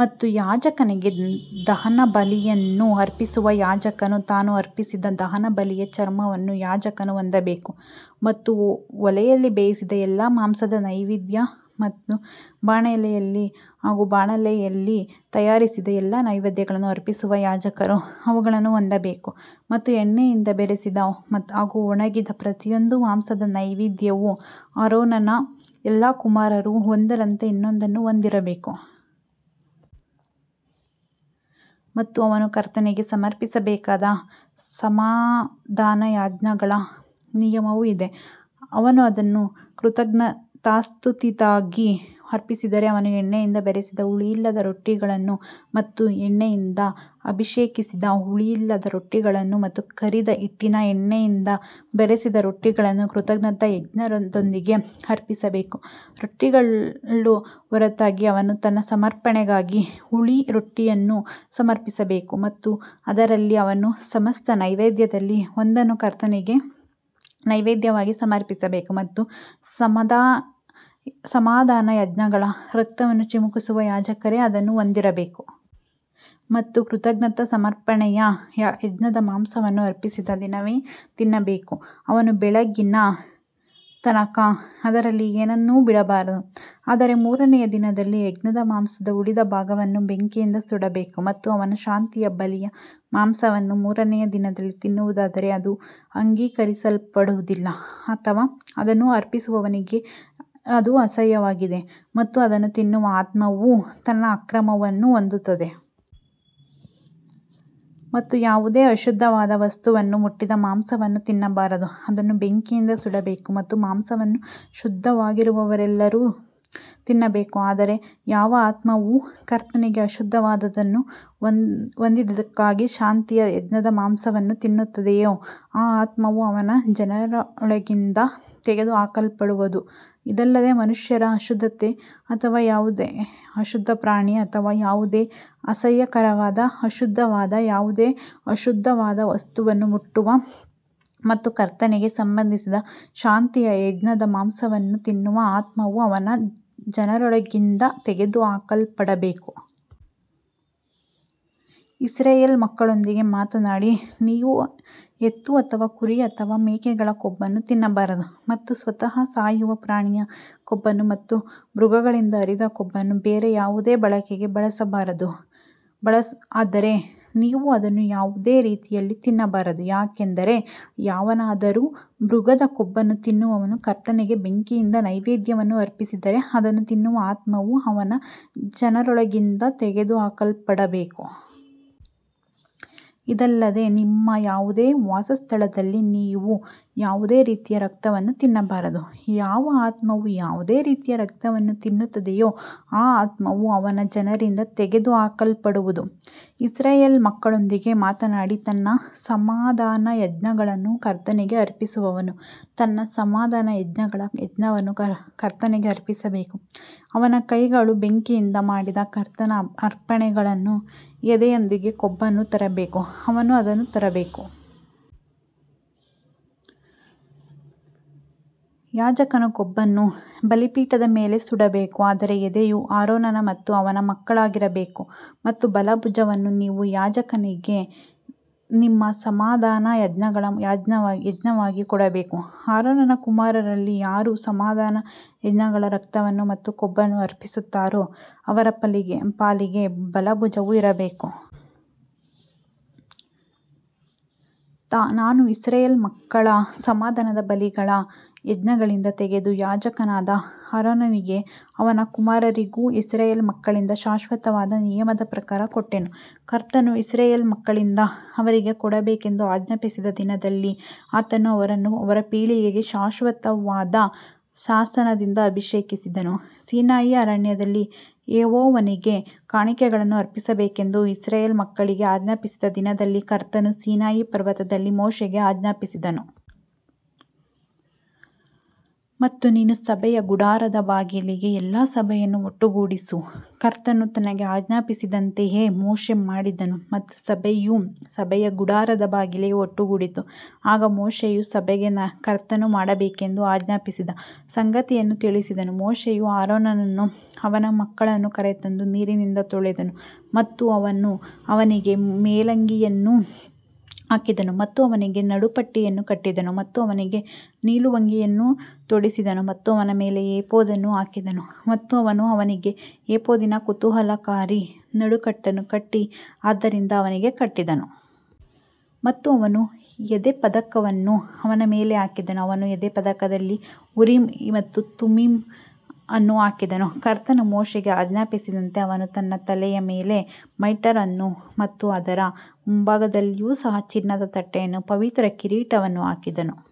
ಮತ್ತು ಯಾಜಕನಿಗೆ ದಹನಬಲಿಯನ್ನು ಅರ್ಪಿಸುವ ಯಾಜಕನು ತಾನು ಅರ್ಪಿಸಿದ ದಹನಬಲಿಯ ಚರ್ಮವನ್ನು ಯಾಜಕನು ಹೊಂದಬೇಕು. ಮತ್ತು ಒಲೆಯಲ್ಲಿ ಬೇಯಿಸಿದ ಎಲ್ಲಾ ಮಾಂಸದ ನೈವೇದ್ಯ ಮತ್ತು ಬಾಣಲೆಯಲ್ಲಿ ಹಾಗೂ ಬಾಣಲೆಯಲ್ಲಿ ತಯಾರಿಸಿದ ಎಲ್ಲಾ ನೈವೇದ್ಯಗಳನ್ನು ಅರ್ಪಿಸುವ ಯಾಜಕರು ಅವುಗಳನ್ನು ಹೊಂದಬೇಕು. ಮತ್ತು ಎಣ್ಣೆಯಿಂದ ಬೆರೆಸಿದ ಹಾಗೂ ಒಣಗಿದ ಪ್ರತಿಯೊಂದು ಮಾಂಸದ ನೈವೇದ್ಯವು ಆರೋನನ ಎಲ್ಲಾ ಕುಮಾರರು ಒಂದರಂತೆ ಇನ್ನೊಂದನ್ನು ಹೊಂದಿರಬೇಕು. ಮತ್ತು ಅವನು ಕರ್ತನಿಗೆ ಸಮರ್ಪಿಸಬೇಕಾದ ಸಮಾಧಾನಯಜ್ಞಗಳ ನಿಯಮವು ಇದೇ. ಅವನು ಅದನ್ನು ಕೃತಜ್ಞತಾಸ್ತುತಿಗಾಗಿ ಅರ್ಪಿಸಿದರೆ ಅವನು ಎಣ್ಣೆಯಿಂದ ಬೆರೆಸಿದ ಹುಳಿಯಿಲ್ಲದ ರೊಟ್ಟಿಗಳನ್ನು ಮತ್ತು ಎಣ್ಣೆಯಿಂದ ಅಭಿಷೇಕಿಸಿದ ಹುಳಿಯಿಲ್ಲದ ರೊಟ್ಟಿಗಳನ್ನು ಮತ್ತು ಕರಿದ ಹಿಟ್ಟಿನ ಎಣ್ಣೆಯಿಂದ ಬೆರೆಸಿದ ರೊಟ್ಟಿಗಳನ್ನು ಕೃತಜ್ಞತಾ ಯಜ್ಞದೊಂದಿಗೆ ಅರ್ಪಿಸಬೇಕು. ರೊಟ್ಟಿಗಳ ಹೊರತಾಗಿ ಅವನು ತನ್ನ ಸಮರ್ಪಣೆಗಾಗಿ ಹುಳಿ ರೊಟ್ಟಿಯನ್ನು ಸಮರ್ಪಿಸಬೇಕು ಮತ್ತು ಅದರಲ್ಲಿ ಅವನು ಸಮಸ್ತ ನೈವೇದ್ಯದಲ್ಲಿ ಒಂದನ್ನು ಕರ್ತನಿಗೆ ನೈವೇದ್ಯವಾಗಿ ಸಮರ್ಪಿಸಬೇಕು ಮತ್ತು ಸಮಾಧಾನಯಜ್ಞಗಳ ರಕ್ತವನ್ನು ಚಿಮುಕಿಸುವ ಯಾಜಕರೇ ಅದನ್ನು ಹೊಂದಿರಬೇಕು. ಮತ್ತು ಕೃತಜ್ಞತಾ ಸಮರ್ಪಣೆಯ ಯಜ್ಞದ ಮಾಂಸವನ್ನು ಅರ್ಪಿಸಿದ ದಿನವೇ ತಿನ್ನಬೇಕು ಅವನು ಬೆಳಗಿನ ತನಕ ಅದರಲ್ಲಿ ಏನನ್ನೂ ಬಿಡಬಾರದು. ಆದರೆ ಮೂರನೆಯ ದಿನದಲ್ಲಿ ಯಜ್ಞದ ಮಾಂಸದ ಉಳಿದ ಭಾಗವನ್ನು ಬೆಂಕಿಯಿಂದ ಸುಡಬೇಕು. ಮತ್ತು ಅವನ ಶಾಂತಿಯ ಬಲಿಯ ಮಾಂಸವನ್ನು ಮೂರನೆಯ ದಿನದಲ್ಲಿ ತಿನ್ನುವುದಾದರೆ ಅದು ಅಂಗೀಕರಿಸಲ್ಪಡುವುದಿಲ್ಲ ಅಥವಾ ಅದನ್ನು ಅರ್ಪಿಸುವವನಿಗೆ ಅದು ಅಸಹ್ಯವಾಗಿದೆ ಮತ್ತು ಅದನ್ನು ತಿನ್ನುವ ಆತ್ಮವು ತನ್ನ ಅಕ್ರಮವನ್ನು ಹೊಂದುತ್ತದೆ. ಮತ್ತು ಯಾವುದೇ ಅಶುದ್ಧವಾದ ವಸ್ತುವನ್ನು ಮುಟ್ಟಿದ ಮಾಂಸವನ್ನು ತಿನ್ನಬಾರದು ಅದನ್ನು ಬೆಂಕಿಯಿಂದ ಸುಡಬೇಕು ಮತ್ತು ಮಾಂಸವನ್ನು ಶುದ್ಧವಾಗಿರುವವರೆಲ್ಲರೂ ತಿನ್ನಬೇಕು. ಆದರೆ ಯಾವ ಆತ್ಮವು ಕರ್ತನಿಗೆ ಅಶುದ್ಧವಾದದ್ದನ್ನು ಹೊಂದಿದ್ದಕ್ಕಾಗಿ ಶಾಂತಿಯ ಯಜ್ಞದ ಮಾಂಸವನ್ನು ತಿನ್ನುತ್ತದೆಯೋ ಆ ಆತ್ಮವು ಅವನ ಜನರೊಳಗಿಂದ ತೆಗೆದುಹಾಕಲ್ಪಡುವದು. ಇದಲ್ಲದೆ ಮನುಷ್ಯರ ಅಶುದ್ಧತೆ ಅಥವಾ ಯಾವುದೇ ಅಶುದ್ಧ ಪ್ರಾಣಿ ಅಥವಾ ಯಾವುದೇ ಅಸಹ್ಯಕರವಾದ ಅಶುದ್ಧವಾದ ಯಾವುದೇ ಅಶುದ್ಧವಾದ ವಸ್ತುವನ್ನು ಮುಟ್ಟುವ ಮತ್ತು ಕರ್ತನಿಗೆ ಸಂಬಂಧಿಸಿದ ಶಾಂತಿಯ ಯಜ್ಞದ ಮಾಂಸವನ್ನು ತಿನ್ನುವ ಆತ್ಮವು ಅವನ ಜನರೊಳಗಿಂದ ತೆಗೆದುಹಾಕಲ್ಪಡಬೇಕು. ಇಸ್ರಾಯೇಲ್ ಮಕ್ಕಳೊಂದಿಗೆ ಮಾತನಾಡಿ ನೀವು ಎತ್ತು ಅಥವಾ ಕುರಿ ಅಥವಾ ಮೇಕೆಗಳ ಕೊಬ್ಬನ್ನು ತಿನ್ನಬಾರದು. ಮತ್ತು ಸ್ವತಃ ಸಾಯುವ ಪ್ರಾಣಿಯ ಕೊಬ್ಬನ್ನು ಮತ್ತು ಮೃಗಗಳಿಂದ ಹರಿದ ಕೊಬ್ಬನ್ನು ಬೇರೆ ಯಾವುದೇ ಬಳಕೆಗೆ ಬಳಸಬಹುದು ಆದರೆ ನೀವು ಅದನ್ನು ಯಾವುದೇ ರೀತಿಯಲ್ಲಿ ತಿನ್ನಬಾರದು. ಯಾಕಂದರೆ ಯಾವನಾದರೂ ಮೃಗದ ಕೊಬ್ಬನ್ನು ತಿನ್ನುವವನು ಕರ್ತನಿಗೆ ಬೆಂಕಿಯಿಂದ ನೈವೇದ್ಯವನ್ನು ಅರ್ಪಿಸಿದರೆ ಅದನ್ನು ತಿನ್ನುವ ಆತ್ಮವು ಅವನ ಜನರೊಳಗಿಂದ ತೆಗೆದುಹಾಕಲ್ಪಡಬೇಕು. ಇದಲ್ಲದೆ ನಿಮ್ಮ ಯಾವುದೇ ವಾಸಸ್ಥಳದಲ್ಲಿ ನೀವು ಯಾವುದೇ ರೀತಿಯ ರಕ್ತವನ್ನು ತಿನ್ನಬಾರದು. ಯಾವ ಆತ್ಮವು ಯಾವುದೇ ರೀತಿಯ ರಕ್ತವನ್ನು ತಿನ್ನುತ್ತದೆಯೋ ಆ ಆತ್ಮವು ಅವನ ಜನರಿಂದ ತೆಗೆದುಹಾಕಲ್ಪಡುವದು. ಇಸ್ರಾಯೇಲ್ ಮಕ್ಕಳೊಂದಿಗೆ ಮಾತನಾಡಿ ತನ್ನ ಸಮಾಧಾನಯಜ್ಞಗಳನ್ನು ಕರ್ತನಿಗೆ ಅರ್ಪಿಸುವವನು ತನ್ನ ಸಮಾಧಾನಯಜ್ಞಗಳ ಯಜ್ಞವನ್ನು ಕರ್ತನಿಗೆ ಅರ್ಪಿಸಬೇಕು. ಅವನ ಕೈಗಳು ಬೆಂಕಿಯಿಂದ ಮಾಡಿದ ಕರ್ತನ ಅರ್ಪಣೆಗಳನ್ನು ಎದೆಯೊಂದಿಗೆ ಕೊಬ್ಬನ್ನು ತರಬೇಕು ಅವನು ಅದನ್ನು ತರಬೇಕು. ಯಾಜಕನು ಕೊಬ್ಬನ್ನು ಬಲಿಪೀಠದ ಮೇಲೆ ಸುಡಬೇಕು ಆದರೆ ಎದೆಯು ಆರೋನನ ಮತ್ತು ಅವನ ಮಕ್ಕಳಾಗಿರಬೇಕು. ಮತ್ತು ಬಲ ಭುಜವನ್ನು ನೀವು ಯಾಜಕನಿಗೆ ನಿಮ್ಮ ಸಮಾಧಾನಯಜ್ಞಗಳ ಯಜ್ಞವಾಗಿ ಕೊಡಬೇಕು. ಆರೋನನ ಕುಮಾರರಲ್ಲಿ ಯಾರು ಸಮಾಧಾನಯಜ್ಞಗಳ ರಕ್ತವನ್ನು ಮತ್ತು ಕೊಬ್ಬನ್ನು ಅರ್ಪಿಸುತ್ತಾರೋ ಅವರ ಪಾಲಿಗೆ ಬಲ ಭುಜವು ಇರಬೇಕು. ನಾನು ಇಸ್ರಾಯೇಲ್ ಮಕ್ಕಳ ಸಮಾಧಾನದ ಬಲಿಗಳ ಯಜ್ಞಗಳಿಂದ ತೆಗೆದು ಯಾಜಕನಾದ ಆರೋನನಿಗೂ ಅವನ ಕುಮಾರರಿಗೂ ಇಸ್ರಾಯೇಲ್ ಮಕ್ಕಳಿಂದ ಶಾಶ್ವತವಾದ ನಿಯಮದ ಪ್ರಕಾರ ಕೊಟ್ಟೆನು. ಕರ್ತನು ಇಸ್ರಾಯೇಲ್ ಮಕ್ಕಳಿಂದ ಅವರಿಗೆ ಕೊಡಬೇಕೆಂದು ಆಜ್ಞಾಪಿಸಿದ ದಿನದಲ್ಲಿ ಆತನು ಅವರನ್ನು ಅವರ ಪೀಳಿಗೆಗೆ ಶಾಶ್ವತವಾದ ಶಾಸನದಿಂದ ಅಭಿಷೇಕಿಸಿದನು. ಸೀನಾಯಿ ಅರಣ್ಯದಲ್ಲಿ ಯೆಹೋವನಿಗೆ ಕಾಣಿಕೆಗಳನ್ನು ಅರ್ಪಿಸಬೇಕೆಂದು ಇಸ್ರಾಯೇಲ್ ಮಕ್ಕಳಿಗೆ ಆಜ್ಞಾಪಿಸಿದ ದಿನದಲ್ಲಿ ಕರ್ತನು ಸೀನಾಯಿ ಪರ್ವತದಲ್ಲಿ ಮೋಶೆಗೆ ಆಜ್ಞಾಪಿಸಿದನು. ಮತ್ತು ನೀನು ಸಭೆಯ ಗುಡಾರದ ಬಾಗಿಲಿಗೆ ಎಲ್ಲಾ ಸಭೆಯನ್ನು ಒಟ್ಟುಗೂಡಿಸು. ಕರ್ತನು ತನಗೆ ಆಜ್ಞಾಪಿಸಿದಂತೆಯೇ ಮೋಶೆ ಮಾಡಿದನು ಮತ್ತು ಸಭೆಯು ಸಭೆಯ ಗುಡಾರದ ಬಾಗಿಲಿಗೆ ಒಟ್ಟುಗೂಡಿತು. ಆಗ ಮೋಶೆಯು ಸಭೆಗೆ ಕರ್ತನು ಮಾಡಬೇಕೆಂದು ಆಜ್ಞಾಪಿಸಿದ ಸಂಗತಿಯನ್ನು ತಿಳಿಸಿದನು. ಮೋಶೆಯು ಆರೋನನನ್ನೂ ಅವನ ಮಕ್ಕಳನ್ನೂ ಕರೆತಂದು ನೀರಿನಿಂದ ತೊಳೆದನು ಮತ್ತು ಅವನು ಅವನಿಗೆ ಮೇಲಂಗಿಯನ್ನು ಹಾಕಿದನು ಮತ್ತು ಅವನಿಗೆ ನಡುಪಟ್ಟಿಯನ್ನು ಕಟ್ಟಿದನು ಮತ್ತು ಅವನಿಗೆ ನಿಲುವಂಗಿಯನ್ನು ತೊಡಿಸಿದನು ಮತ್ತು ಅವನ ಮೇಲೆ ಏಫೋದನ್ನು ಹಾಕಿದನು ಮತ್ತು ಅವನು ಅವನಿಗೆ ಏಫೋದಿನ ಕುತೂಹಲಕಾರಿ ನಡುಕಟ್ಟನ್ನು ಕಟ್ಟಿ ಅದರಿಂದ ಅವನಿಗೆ ಕಟ್ಟಿದನು. ಮತ್ತು ಅವನು ಎದೆಪದಕವನ್ನು ಅವನ ಮೇಲೆ ಹಾಕಿದನು ಅವನು ಎದೆಪದಕದಲ್ಲಿ ಉರೀಮ್ ಮತ್ತು ತುಮ್ಮೀಮ್ ಅನ್ನು ಹಾಕಿದನು. ಕರ್ತನು ಮೋಶೆಗೆ ಆಜ್ಞಾಪಿಸಿದಂತೆ ಅವನು ತನ್ನ ತಲೆಯ ಮೇಲೆ ಮೈಟರ್ ಅನ್ನು ಮತ್ತು ಅದರ ಮುಂಭಾಗದಲ್ಲಿಯೂ ಸಹ ಚಿನ್ನದ ತಟ್ಟೆಯನ್ನು ಪವಿತ್ರ ಕಿರೀಟವನ್ನು ಹಾಕಿದನು.